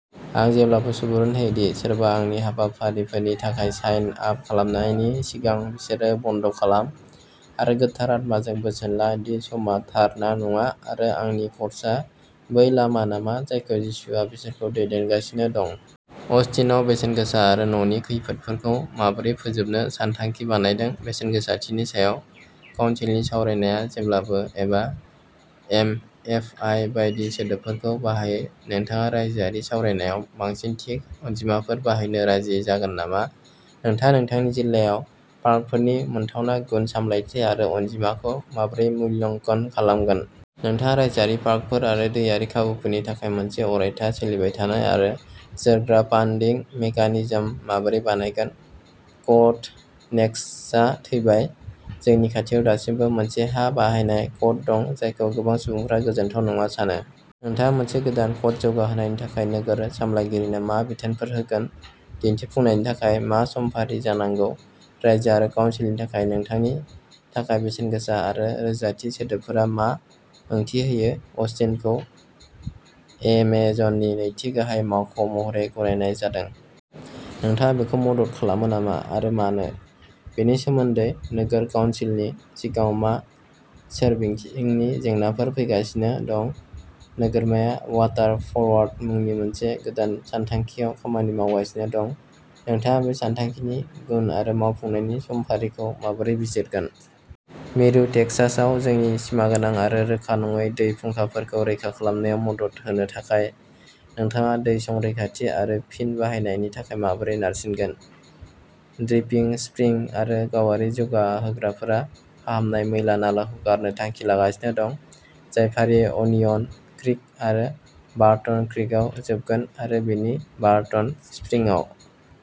आं जेब्लाबो सुबुरुन होयो दि सोरबा आंनि हाबाफारिफोरनि थाखाय साइन आप खालामनायनि सिगां, बिसोरो बन्द'खालाम आरो गोथार आत्माजों बोसोन ला दि समआ थार ना नङा आरो आंनि कर्सआ बै लामा नामा जायखौ जिसुआ बिसोरखौ दैदेनगासिनो दं। अस्टिनआव बेसेनगोसा आरो न'नि खैफोदफोरखौ माबोरै फोजोबनो सानथांखि बानायदों? बेसेनगोसाथिनि सायाव काउनसिलनि सावरायनाया जेब्लाबो एबा एमएफआइ बायदि सोदोबफोरखौ बाहायो। नोंथाङा रायजोआरि सावरायनायाव बांसिन थि अनजिमाफोर बाहायनो राजि जागोन नामा? नोंथाङा नोंथांनि जिल्लायाव पार्कफोरनि मोनथावना, गुन, सामलायथि आरो अनजिमाखौ माबोरै मूल्याङ्कन खालामगोन? नोंथाङा रायजोआरि पार्कफोर आरो दैआरि खाबुफोरनि थाखाय मोनसे अरायथा, सोलिबाय थानाय आरो जोरग्रा फान्डिं मेकानिजम माबोरै बानायगोन? क'ड नेक्सटआ थैबाय। जोंनि खाथियाव दासिमबो मोनसे हा बाहायनाय क'ड दं जायखौ गोबां सुबुंफोरा गोजोनथाव नङा सानो। नोंथाङा मोनसे गोदान क'ड जौगाहोनायनि थाखाय नोगोर सामलायगिरिनो मा बिथोनफोर होगोन? दिन्थिफुंनायनि थाखाय मा समफारि जानांगौ? राइजो आरो काउनसिलनि थाखाय? नोंथांनि थाखाय बेसेनगोसा आरो रोजाथि सोदोबफोरा मा ओंथि होयो? अस्टिनखौ एमेजननि नैथि गाहाय मावख'महरै गनायनाय जादों। नोंथाङा बेखौ मदद खालामो नामा, आरो मानो? बेनि सोमोनदै नोगोर काउनसिलनि सिगाङाव मा सोरबिथिंनि जेंनाफोर फैगासिनो दं? नोगोरमाया वाटार फरवार्ड मुंनि मोनसे गोदान सानथांखिआव खामानि मावगासिनो दं। नोंथाङा बे सानथांखिनि गुन आरो मावफुंनायनि समफारिखौ माबोरै बिजिरगोन? मिरु टेक्सासआव जोंनि सिमागोनां आरो रोखा नङै दै फुंखाफोरखौ रैखा खालामनायाव मदद होनो थाखाय नोंथाङा दै संरैखाथि आरो फिन बाहायनायनि थाखाय माबोरै नारसिनगोन? ड्रिपिं स्प्रिं आरो गावारि जौगाहोग्राफोरा फाहामनाय मैला-नालाखौ गारनो थांखि लागासिनो दं, जाय फारियै अनियन क्रिक आरो बार्टन क्रिकआव जोबगोन, आरो बेनि उनाव बार्टन स्प्रिंसाव।